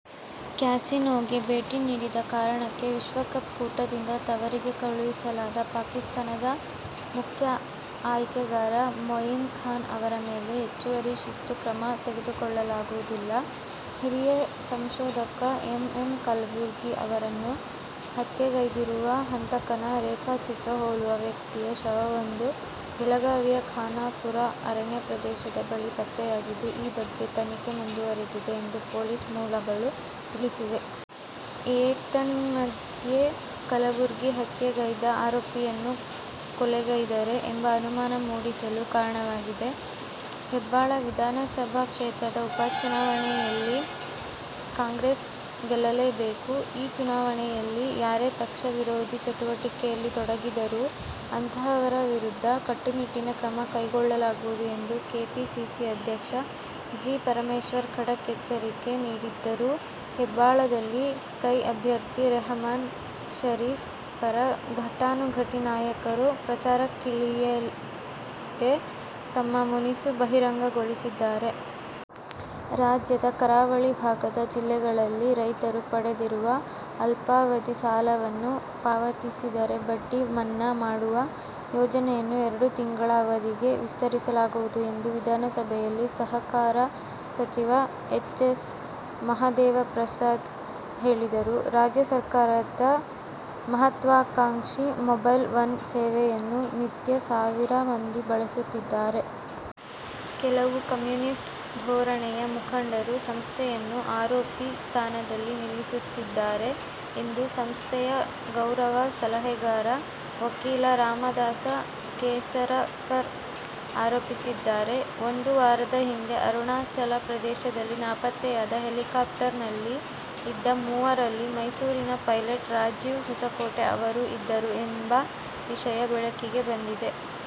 ಕ್ಯಾಸಿನೋಗೆ ಭೇಟಿ ನೀಡಿದ ಕಾರಣಕ್ಕೆ ವಿಶ್ವ ಕಪ್ ಕೂಟದಿಂದ ತವರಿಗೆ ಕಳುಹಿಸಲಾದ ಪಾಕಿಸ್ಥಾನದ ಮುಖ್ಯ ಆಯ್ಕೆಗಾರ ಮೊಯಿನ್ ಖಾನ್ ಅವರ ಮೇಲೆ ಹೆಚ್ಚುವರಿ ಶಿಸ್ತು ಕ್ರಮ ತೆಗೆದುಕೊಳ್ಳಲಾಗುವುದಿಲ್ಲ. ಹಿರಿಯ ಸಂಶೋಧಕ ಎಂಎಂ ಕಲಬುರ್ಗಿ ಅವರನ್ನು ಹತ್ಯೆಗೈದಿರುವ ಹಂತಕನ ರೇಖಾಚಿತ್ರ ಹೋಲುವ ವ್ಯಕ್ತಿಯ ಶವವೊಂದು ಬೆಳಗಾವಿಯ ಖಾನಾಪುರ ಅರಣ್ಯ ಪ್ರದೇಶದ ಬಳಿ ಪತ್ತೆಯಾಗಿದ್ದು, ಈ ಬಗ್ಗೆ ತನಿಖೆ ಮುಂದುವರಿದಿದೆ ಎಂದು ಪೊಲೀಸ್ ಮೂಲಗಳು ತಿಳಿಸಿವೆ. ಏತನ್ಮಧ್ಯೆ ಕಲಬುರ್ಗಿ ಹತ್ಯೆಗೈದ ಆರೋಪಿಯನ್ನು ಕೊಲೆಗೈದರೇ ಎಂಬ ಅನುಮಾನ ಮೂಡಿಸಲು ಕಾರಣವಾಗಿದೆ. ಹೆಬ್ಬಾಳ ವಿಧಾನಸಭಾ ಕ್ಷೇತ್ರದ ಉಪಚುನಾವಣೆಯಲ್ಲಿ ಕಾಂಗ್ರೆಸ್ ಗೆಲ್ಲಲೇಬೇಕು. ಈ ಚುನಾವಣೆಯಲ್ಲಿ ಯಾರೇ ಪಕ್ಷ ವಿರೋಧಿ ಚಟುವಟಿಕೆಯಲ್ಲಿ ತೊಡಗಿದರೂ ಅಂತಹವರ ವಿರುದ್ಧ ಕಟ್ಟುನಿಟ್ಟಿನ ಕ್ರಮ ಕೈಗೊಳ್ಳಲಾಗುವುದು ಎಂದು ಕೆಪಿಸಿಸಿ ಅಧ್ಯಕ್ಷ ಜಿ. ಪರಮೇಶ್ವರ್ ಖಡಕ್ ಎಚ್ಚರಿಕೆ ನೀಡಿದ್ದರೂ ಹೆಬ್ಬಾಳದಲ್ಲಿ ಕೈ ಅಭ್ಯರ್ಥಿ ರೆಹಮಾನ್ ಷರೀಫ್ ಪರ ಘಟಾನುಘಟಿ ನಾಯಕರು ಪ್ರಚಾರಕ್ಕಿಳಿಯದೆ ತಮ್ಮ ಮುನಿಸು ಬಹಿರಂಗಗೊಳಿಸಿದ್ದಾರೆ. ರಾಜ್ಯದ ಕರಾವಳಿ ಭಾಗದ ಜಿಲ್ಲೆಗಳಲ್ಲಿ ರೈತರು ಪಡೆದಿರುವ ಅಲ್ಪಾವಧಿ ಸಾಲವನ್ನು ಪಾವತಿಸಿದರೆ ಬಡ್ಡಿ ಮನ್ನಾ ಮಾಡುವ ಯೋಜನೆಯನ್ನು ಎರಡು ತಿಂಗಳ ಅವಧಿಗೆ ವಿಸ್ತರಿಸಲಾಗುವುದು ಎಂದು ವಿಧಾನಸಭೆಯಲ್ಲಿ ಸಹಕಾರ ಸಚಿವ ಎಚ್. ಎಸ್. ಮಹದೇವಪ್ರಸಾದ್ ಹೇಳಿದರು. ರಾಜ್ಯ ಸರ್ಕಾರದ ಮಹತ್ವಾಕಾಂಕ್ಷಿ "ಮೊಬೈಲ್-ಒನ್' ಸೇವೆಯನ್ನು ನಿತ್ಯ ಸಾವಿರ ಮಂದಿ ಬಳಸುತ್ತಿದ್ದಾರೆ. ಕೆಲವು ಕಮ್ಯುನಿಸ್ಟ್ ಧೋರಣೆಯ ಮುಖಂಡರು ಸಂಸ್ಥೆಯನ್ನು ಆರೋಪಿ ಸ್ಥಾನದಲ್ಲಿ ನಿಲ್ಲಿಸುತ್ತಿದ್ದಾರೆ ಎಂದು ಸಂಸ್ಥೆಯ ಗೌರವ ಸಲಹೆಗಾರ, ವಕೀಲ ರಾಮದಾಸ ಕೇಸರಕರ್ ಆರೋಪಿಸಿದ್ದಾರೆ. ಒಂದು ವಾರದ ಹಿಂದೆ ಅರುಣಾಚಲ ಪ್ರದೇಶದಲ್ಲಿ ನಾಪತ್ತೆಯಾದ ಹೆಲಿಕಾಪ್ಟರ್ನಲ್ಲಿ ಇದ್ದ ಮೂವರಲ್ಲಿ ಮೈಸೂರಿನ ಪೈಲಟ್ ರಾಜೀವ್ ಹೊಸಕೋಟೆ ಅವರೂ ಇದ್ದರು ಎಂಬ ವಿಷಯ ಬೆಳಕಿಗೆ ಬಂದಿದೆ.